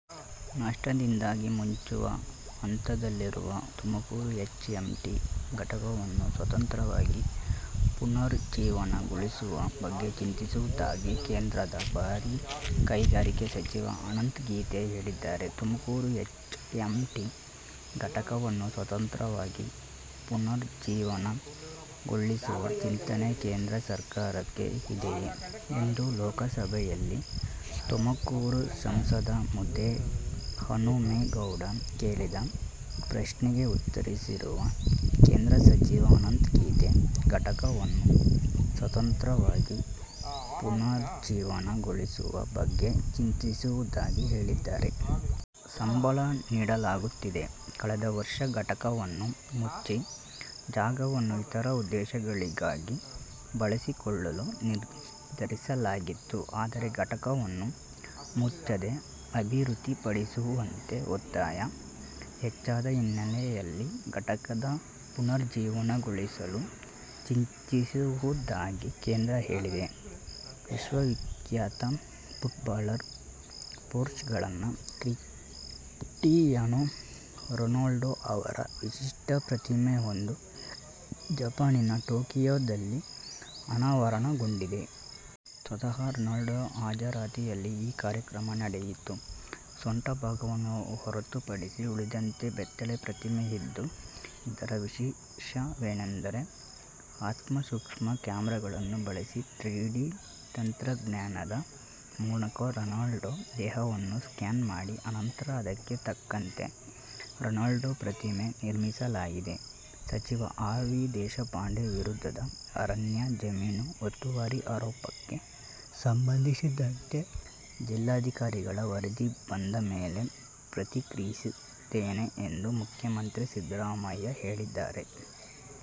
ನಷ್ಟದಿಂದಾಗಿ ಮುಚ್ಚುವ ಹಂತದಲ್ಲಿರುವ ತುಮಕೂರು ಎಚ್ಎಮ್ಟಿ ಘಟಕವನ್ನು ಸ್ವತಂತ್ರವಾಗಿ ಪುನರುಜ್ಜೀವನ ಗೊಳಿಸುವ ಬಗ್ಗೆ ಚಿಂತಿಸುವುದಾಗಿ ಕೇಂದ್ರದ ಭಾರಿ ಕೈಗಾರಿಕೆ ಸಚಿವ ಅನಂತ್ ಗೀತೆ ಹೇಳಿದ್ದಾರೆ. ತುಮಕೂರು ಎಚ್ಎಂಟಿ ಘಟಕವನ್ನು ಸ್ವತಂತ್ರವಾಗಿ ಪುನರುಜ್ಜೀವನ ಗೊಳಿಸುವ ಚಿಂತನೆ ಕೇಂದ್ರ ಸರ್ಕಾರಕ್ಕೆ ಇದೆಯೇ ಎಂದು ಲೋಕಸಭೆಯಲ್ಲಿ ತುಮಕೂರು ಸಂಸದ ಮುದ್ದೇಹನುಮೇಗೌಡ ಕೇಳಿದ್ದ ಪ್ರಶ್ನೆಗೆ ಉತ್ತರಿಸಿರುವ ಕೇಂದ್ರ ಸಚಿವ ಅನಂತ್ ಗೀತೆ, ಘಟಕವನ್ನು ಸ್ವತಂತ್ರವಾಗಿ ಪುನರುಜ್ಜೀವನ ಗೊಳಿಸುವ ಬಗ್ಗೆ ಚಿಂತಿಸುವುದಾಗಿ ಹೇಳಿದ್ದಾರೆ. ಸಂಬಳ ನೀಡಲಾಗುತ್ತಿದೆ. ಕಳೆದ ವರ್ಷ ಘಟಕವನ್ನು ಮುಚ್ಚಿ ಜಾಗವನ್ನು ಇತರ ಉದ್ದೇಶಗಳಿಗಾಗಿ ಬಳಸಿಕೊಳ್ಳಲು ನಿರ್ಧರಿಸಲಾಗಿತ್ತು. ಆದರೆ ಘಟಕವನ್ನು ಮುಚ್ಚದೆ ಅಭಿವೃದ್ಧಿಪಡಿಸುವಂತೆ ಒತ್ತಾಯ ಹೆಚ್ಚಾದ ಹಿನ್ನೆಲೆಯಲ್ಲಿ ಘಟಕದ ಪುನರುಜ್ಜೀವನಗೊಳಿಸಲು ಚಿಂತಿಸುವುದಾಗಿ ಕೇಂದ್ರ ಹೇಳಿದೆ. ವಿಶ್ವವಿಖ್ಯಾತ ಫುಟ್ಬಾಲರ್ ಪೋರ್ಚುಗಲ್ನ ಕ್ರಿಸ್ಟಿಯಾನೋ ರೊನಾಲ್ಡೋ ಅವರ ವಿಶಿಷ್ಟ ಪ್ರತಿಮೆಯೊಂದು ಜಪಾನಿನ ಟೋಕಿಯೋದಲ್ಲಿ ಅನಾವರಣಗೊಂಡಿದೆ. ಸ್ವತಃ ರೊನಾಲ್ಡೋ ಹಾಜರಾತಿಯಲ್ಲಿ ಈ ಕಾರ್ಯಕ್ರಮ ನಡೆಯಿತು. ಸೊಂಟಭಾಗವನ್ನು ಹೊರತುಪಡಿಸಿ ಉಳಿದಂತೆ ಬೆತ್ತಲೆ ಪ್ರತಿಮೆಯಿದು. ಇದರ ವಿಶೇಷವೆಂದರೆ ಅತಿಸೂಕ್ಷ್ಮಕ್ಯಾಮೆರಾಗಳನ್ನು ಬಳಸಿ ತ್ರೀಡಿ ತಂತ್ರಜ್ಞಾನದ ಮೂಲಕ ರೊನಾಲ್ಡೊ ದೇಹವನ್ನು ಸ್ಕ್ಯಾನ್ ಮಾಡಿ ಅನಂತರ ಅದಕ್ಕೆ ತಕ್ಕಂತೆ ರೊನಾಲ್ಡೋ ಪ್ರತಿಮೆ ನಿರ್ಮಿಸಲಾಗಿದೆ. ಸಚಿವ ಆರ್. ವಿ. ದೇಶಪಾಂಡೆ ವಿರುದ್ಧದ ಅರಣ್ಯ ಜಮೀನು ಒತ್ತುವರಿ ಆರೋಪಕ್ಕೆ ಸಂಬಂಧಿಸಿದಂತೆ ಜಿಲ್ಲಾಧಿಕಾರಿಗಳ ವರದಿ ಬಂದ ಮೇಲೆ ಪ್ರತಿಕ್ರಿಯಿಸುತ್ತೇನೆ ಎಂದು ಮುಖ್ಯಮಂತ್ರಿ ಸಿದ್ಧರಾಮಯ್ಯ ಹೇಳಿದ್ದಾರೆ.